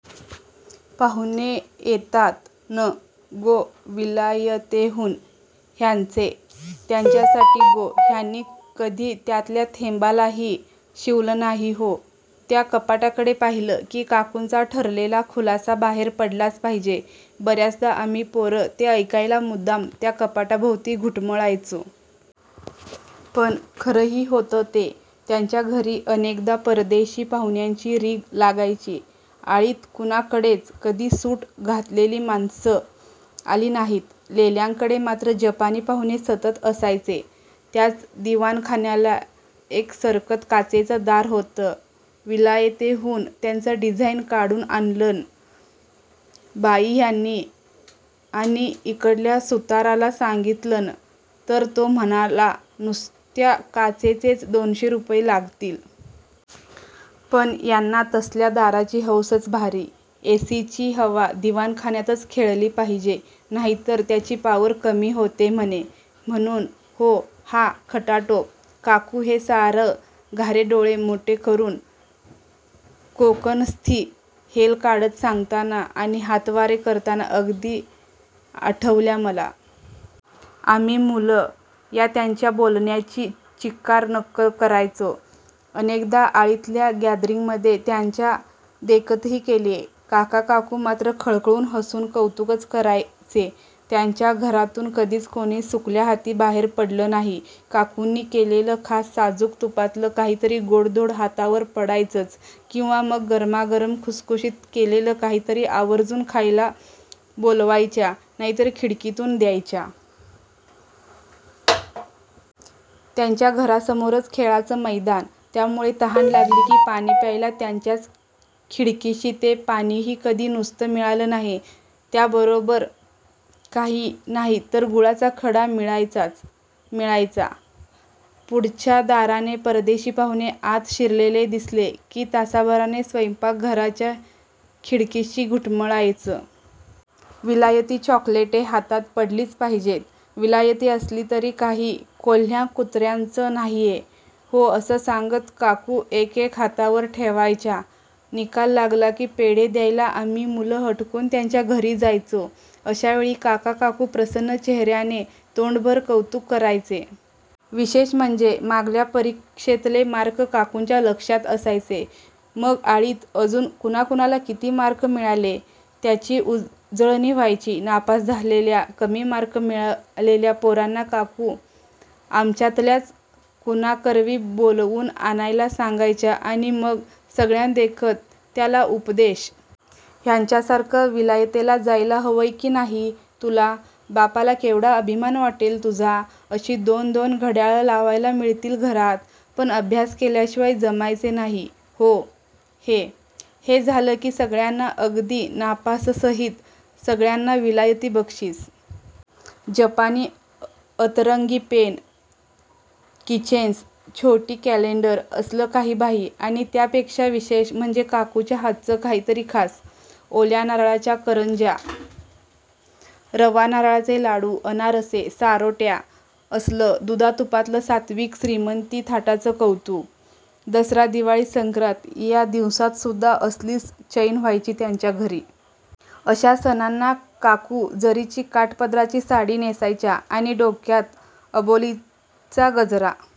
पाहुणे येतात नं गो विलायतेहून ह्यांचे, त्यांच्यासाठी गो. ह्यांनी कधी त्यातल्या थेंबालाही शिवलं नाही हो. त्या कपाटाकडे पाहिलं की काकूंचा ठरलेला खुलासा बाहेर पडलाच पाहिजे. बऱ्याचदा आम्ही पोरं ते ऐकायला मुद्दाम त्या कपाटाभोवती घुटमळायचो. पण खरंही होतं ते. त्यांच्या घरी अनेकदा परदेशी पाहुण्यांची रीघ लागायची. आळीत कुणाकडेच कधी सूट घातलेली माणसं आली नाहीत. लेल्यांकडे मात्र जपानी पाहुणे सतत असायचे. त्याच दिवाणखान्याला एक सरकतं काचेचं दार होतं. विलायतेहून त्याचं डिझाईन काढून आणलंन बाई ह्यांनी आणि इकडल्या सुताराला सांगितलन तर तो म्हणाला नुसत्या काचेचेच दोनशे रुपये लागतील. पण यांना तसल्या दाराची हौसच भारी. एसीची हवा दिवाणखान्यातच खेळली पाहिजे नाहीतर त्याची पावर कमी होते म्हणे, म्हणून हो हा खटाटोप. काकू हे सारं घारे डोळे मोठ्ठे करून कोकणस्थी हेल काढत सांगताना आणि हातवारे करताना अगदी आठवल्या मला. आम्ही मुलं या त्यांच्या बोलण्याची चिक्कार नक्कल करायचो. अनेकदा आळीतल्या गॅदरिंगमध्ये त्यांच्या देखतही केलीये. काका-काकू मात्र खळखळून हसून कौतुकच करायचे. त्यांच्या घरातून कधीच कोणी सुकल्या हाती बाहेर पडलं नाही. काकूंनी केलेलं खास साजूक तुपातलं काहीतरी गोडधोड हातावर पडायचंच किंवा मग गरमागरम, खुसखुशीत केलेलं काहीतरी आवर्जून खायला बोलवायच्या नाहीतर खिडकीतून द्यायच्या. त्यांच्या घरासमोरच खेळाचं मैदान त्यामुळे तहान लागली की पाणी प्यायला त्यांच्याच खिडकीशी. ते पाणीही कधी नुसतं मिळालं नाही. त्याबरोबर काही नाही तर गुळाचा खडा मिळायचाच मिळायचा. पुढच्या दाराने परदेशी पाहुणे आत शिरलेले दिसले की तासाभराने स्वयंपाकघराच्या खिडकीशी घुटमळायचं. विलायती चॉकलेटे, हातात पडलीच पाहिजेत. विलायती असली तरी काही कोल्ह्या-कुत्र्याचं नाहीये हो असं सांगत काकू एकेक हातावर ठेवायच्या. निकाल लागला की पेढे द्यायला आम्ही मुलं हटकून त्यांच्या घरी जायचो. अशावेळी काका-काकू प्रसन्न चेहऱ्याने तोंडभर कौतुक करायचे. विशेष म्हणजे मागल्या परीक्षेतले मार्क काकूंच्या लक्षात असायचे. मग आळीत अजून कुणा-कुणाला किती मार्क मिळाले त्याची उजळणी व्हायची. नापास झालेल्या, कमी मार्क मिळालेल्या पोरांना काकू आमच्यातल्याच कुणाकरवी बोलवून आणायला सांगायच्या आणि मग सगळ्यांदेखत त्याला उपदेश. ह्यांच्यासारखं विलायतेला जायला हवंय की नाही तुला? बापाला केवढा अभिमान वाटेल तुझा? अशी दोन दोन घड्याळं लावायला मिळतील घरात पण अभ्यास केल्याशिवाय जमायचे नाही हो हे. हे झालं की सगळ्यांना अगदी नापासासहीत सगळ्यांना विलायती बक्षीस. जपानी अतरंगी पेनं, किचेन्स, छोटी कॅलेंडरं असलं काही-बाही आणि त्यापेक्षा विशेष म्हणजे काकूंच्या हातचं काहीतरी खास. ओल्या नारळाच्या करंज्या, रवा नारळाचे लाडू, अनारसे, सारोट्या असलं दुधा-तुपातलं सात्त्विक श्रीमंती थाटाचं कौतुक. दसरा, दिवाळी, संक्रांत या दिवसांतसुद्धा असलीच चैन व्हायची त्यांच्या घरी. अशा सणांना काकू जरीची काठापदराची साडी नेसायच्या आणि डोक्यात अबोलीचा गजरा